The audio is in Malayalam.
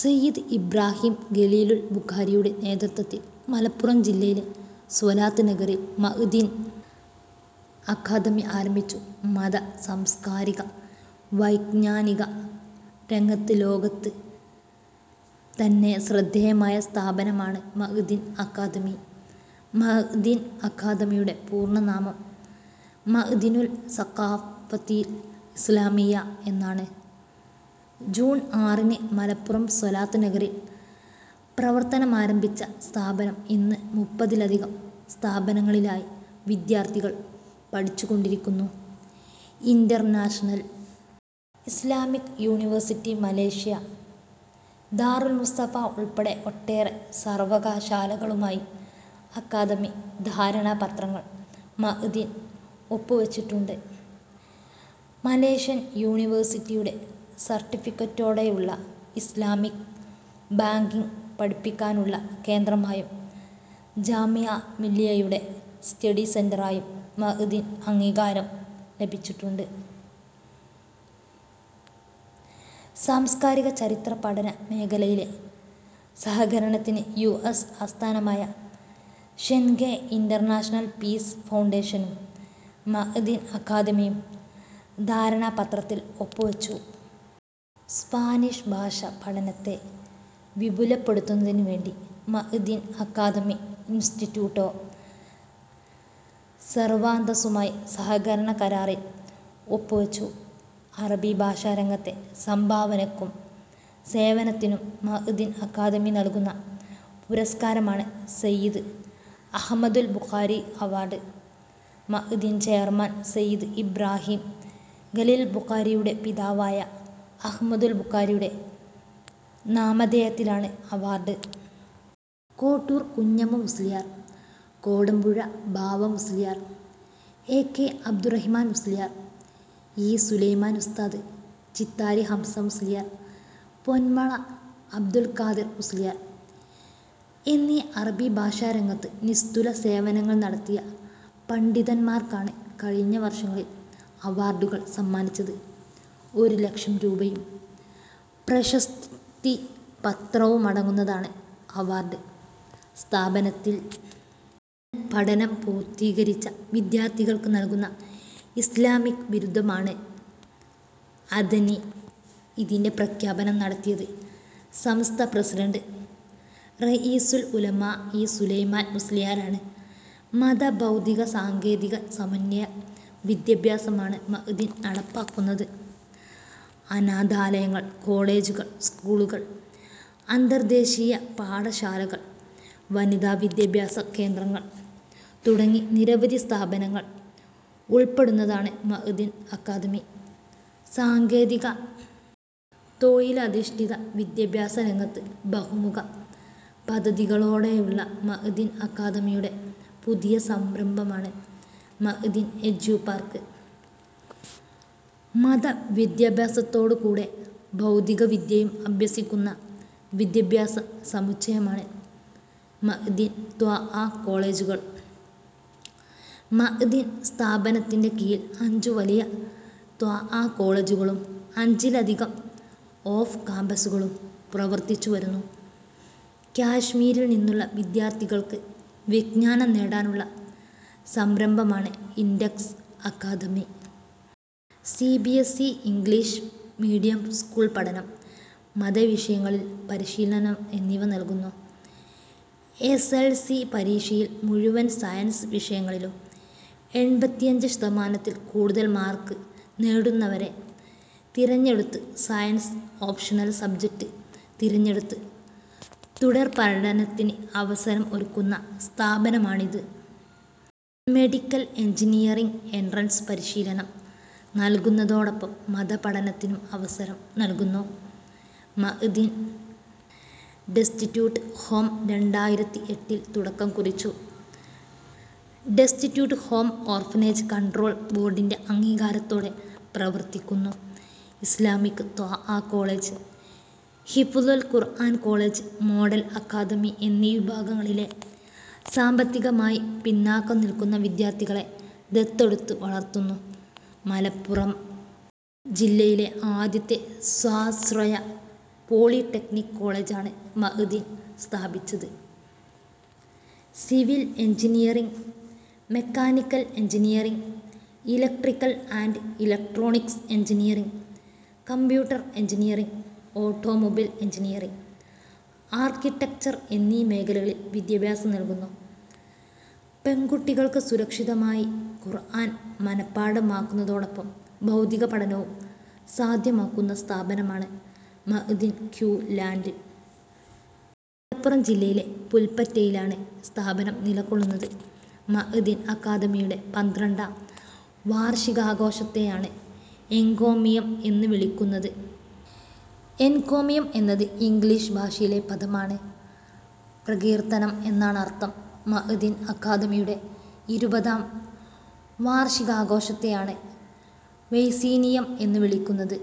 സയ്യിദ് ഇബ്രാഹീം ഖലീലുൽ ബുഖാരിയുടെ നേതൃത്വത്തിൽ മലപ്പുറം ജില്ലയിലെ സ്വലാത്ത് നഗറിൽ മഅ്ദിൻ അക്കാദമി ആരംഭിച്ചു. മത സാംസ്കാരിക വൈജ്ഞാനിക രംഗത്ത് ലോകത്ത് തന്നെ ശ്രദ്ധേയമായ സ്ഥാപനമാണ് മഅ്ദിൻ അക്കാദമി. മഅ്ദിൻ അക്കാദമിയുടെ പൂർണനാമം മഅ്ദിനു സ്സഖാഫത്തിൽ ഇസ്ലാമിയ്യ എന്നാണ്. ജൂൺ ആറിന് മലപ്പുറം സ്വലാത്ത് നഗറിൽ പ്രവർത്തനമാരംഭിച്ച സ്ഥാപനം ഇന്ന് മുപ്പതിലധികം സ്ഥാപനങ്ങളിലായി വിദ്യാർഥികൾ പഠിച്ചുകൊണ്ടിരിക്കുന്നു. International Islamic University Malaysia, Darul Mustafa ഉൾപ്പെടെ ഒട്ടേറെ സർവകലാശാലകളുമായി അക്കാദമിക ധാരണാപത്രങ്ങൾ മഅ്ദിൻ ഒപ്പുവെച്ചിട്ടുണ്ട്. മലേഷ്യൻ യൂണിവേഴ്സിറ്റിയുടെ സർട്ടിഫിക്കറ്റോടെയുള്ള ഇസ്ലാമിക് ബാങ്കിങ് പഠിപ്പിക്കാനുള്ള കേന്ദ്രമായും ജാമിഅ മില്ലിയ്യയുടെ സ്റ്റഡി സെന്ററായും മഅ്ദിന് അംഗീകാരം ലഭിച്ചിട്ടുണ്ട്. സാംസ്കാരിക ചരിത്ര പഠന മേഖലയിലെ സഹകരണത്തിന് യുഎസ് ആസ്ഥാനമായ ഷെൻഗെ ഇന്റർനാഷണൽ പീസ് ഫൗണ്ടേഷനും മഅ്ദിൻ അക്കാദമിയും ധാരണാപത്രത്തിൽ ഒപ്പുവെച്ചു. സ്പാനിഷ് ഭാഷാ പഠനത്തെ വിപുലപ്പെടുത്തുന്നതിന് വേണ്ടി മഅ്ദിൻ അക്കാദമി ഇൻസ്റ്റിറ്റ്യൂട്ടോ സെർവാന്തസുമായി സഹകരണ കരാറിൽ ഒപ്പുവെച്ചു. അറബി ഭാഷാ രംഗത്തെ സംഭാവനയ്ക്കും സേവനത്തിനും മഅ്ദിൻ അക്കാദമി നൽകുന്ന പുരസ്കാരമാണ് സയ്യിദ് അഹമദുൽ ബുഖാരി അവാർഡ്. മഅ്ദിൻ ചെയർമാൻ സയ്യിദ് ഇബ്രാഹീം ഖലീൽ ബുഖാരിയുടെ പിതാവായ അഹ്മദുൽ ബുഖാരിയുടെ നാമധേയത്തിലാണ് award. Kottoor Kunhammu Musliyar, Kodampuzha Bava Musliyar, A K Abdurrahman Musliyar, E Sulaiman ഉസ്താദ്, ചിത്താരി ഹംസ മുസ്ലിയാർ, പൊന്മള അബ്ദുൽ ഖാദിർ മുസ്ലിയാർ എന്നീ അറബി ഭാഷാ രംഗത്ത് നിസ്തുല സേവനങ്ങൾ നടത്തിയ പണ്ഡിതന്മാർക്കാണ് കഴിഞ്ഞ വർഷങ്ങളിൽ അവാർഡുകൾ സമ്മാനിച്ചത്. ഒരുലക്ഷം രൂപയും പ്രശസ്തിപത്രവുമടങ്ങുന്നതാണ് അവാർഡ്. സ്ഥാപനത്തിൽ നിന്ന് പഠനം പൂർത്തീകരിച്ച വിദ്യാർഥികൾക്ക് നൽകുന്ന ഇസ്ലാമിക് ബിരുദമാണ് അദനി. ഇതിൻ്റെ പ്രഖ്യാപനം നടത്തിയത് സമസ്ത പ്രസിഡന്റ് റഈസുൽ ഉലമാ ഇ സുലൈമാൻ മുസ്ലിയാരാണ്. മത ഭൗതിക സാങ്കേതിക സമന്വയ വിദ്യാഭ്യാസമാണ് മഅ്ദിൻ നടപ്പാക്കുന്നത്. അനാഥാലയങ്ങൾ, കോളേജുകൾ, സ്കൂളുകൾ, അന്തർദേശീയ പാഠശാലകൾ, വനിതാ വിദ്യാഭ്യാസ കേന്ദ്രങ്ങൾ തുടങ്ങി നിരവധി സ്ഥാപനങ്ങൾ ഉൾപ്പെടുന്നതാണ് മഅ്ദിൻ അക്കാദമി. സാങ്കേതിക തൊഴിലധിഷ്ഠിത വിദ്യാഭ്യാസ രംഗത്ത് ബഹുമുഖ പദ്ധതികളോടെയുള്ള മഅ്ദിൻ അക്കാദമിയുടെ പുതിയ സംരംഭമാണ് മഅ്ദിൻ എജ്യൂ പാർക്ക്. മതവിദ്യാഭ്യാസത്തോടുകൂടെ ഭൗതികവിദ്യയും അഭ്യസിപ്പിക്കുന്ന വിദ്യാഭ്യാസ സമുച്ചയമാണ് മഅ്ദിൻ ദഅ്വാ കോളേജുകൾ. മഅ്ദിൻ സ്ഥാപനത്തിൻ്റെ കീഴിൽ അഞ്ച് വലിയ ദഅ്വാ കോളേജുകളും അഞ്ചിലധികം ഓഫ് കാമ്പസുകളും പ്രവർത്തിച്ചുവരുന്നു. കാശ്മീരിൽ നിന്നുള്ള വിദ്യാർഥികൾക്ക് വിജ്ഞാനം നേടാനുള്ള സംരംഭമാണ് Index Academy. C B S E English medium school പഠനം, മതവിഷയങ്ങളിൽ പരിശീലനം എന്നിവ നൽകുന്നു. എസ് എസ് എൽ സി പരീക്ഷയിൽ മുഴുവൻ സയൻസ് വിഷയങ്ങളിലും എൺപത്തിയഞ്ച് ശതമാനത്തിൽ കൂടുതൽ മാർക്ക് നേടുന്നവരെ തിരഞ്ഞെടുത്ത് സയൻസ് ഓപ്ഷണൽ സബ്ജക്ട് തിരഞ്ഞെടുത്ത് തുടർപഠനത്തിന് അവസരം ഒരുക്കുന്ന സ്ഥാപനമാണിത്. മെഡിക്കൽ എൻജിനീയറിങ് എൻട്രൻസ് പരിശീലനം നൽകുന്നതോടൊപ്പം മതപഠനത്തിനും അവസരം നൽകുന്നു. മഅ്ദിൻ ഡെസ്റ്റിറ്റ്യൂട്ട് ഹോം രണ്ടായിരത്തി എട്ടിൽ തുടക്കം കുറിച്ചു. ഡെസ്റ്റിറ്റ്യൂട്ട് ഹോം ഓർഫനേജ് കൺട്രോൾ ബോർഡിൻ്റെ അംഗീകാരത്തോടെ പ്രവർത്തിക്കുന്നു. ഇസ്ലാമിക് ദഅ്വാ കോളേജ്, ഹിഫ്ളുൽ ഖുർആൻ കോളേജ്, മോഡൽ അക്കാദമി എന്നീ വിഭാഗങ്ങളിലെ സാമ്പത്തികമായി പിന്നാക്കം നിൽക്കുന്ന വിദ്യാർഥികളെ ദത്തെടുത്ത് വളർത്തുന്നു. മലപ്പുറം ജില്ലയിലെ ആദ്യത്തെ സ്വാശ്രയ പോളിടെക്നിക് കോളേജാണ് മഅ്ദിൻ സ്ഥാപിച്ചത്. Civil engineering, mechanical engineering, electrical and electronics engineering, computer engineering, automobile engineering, architecture എന്നീ മേഖലകളിൽ വിദ്യാഭ്യാസം നൽകുന്നു. പെൺകുട്ടികൾക്ക് സുരക്ഷിതമായി ഖുർആൻ മനഃപാഠമാക്കുന്നതോടൊപ്പം ഭൗതിക പഠനവും സാധ്യമാക്കുന്ന സ്ഥാപനമാണ് മഅ്ദിൻ ക്യൂ ലാൻഡ്. മലപ്പുറം ജില്ലയിലെ പുല്പറ്റയിലാണ് സ്ഥാപനം നിലകൊള്ളുന്നത്. മഅ്ദിൻ അക്കാദമിയുടെ പന്ത്രണ്ടാം വാർഷികാഘോഷത്തെയാണ് എൻകോമിയം എന്ന് വിളിക്കുന്നത്. എൻകോമിയം എന്നത് ഇംഗ്ലീഷ് ഭാഷയിലെ പദമാണ്. പ്രകീർത്തനം എന്നാണ് അർഥം. മഅ്ദിൻ അക്കാദമിയുടെ ഇരുപതാം വാർഷികാഘോഷത്തെയാണ് വൈസീനിയം എന്ന് വിളിക്കുന്നത്.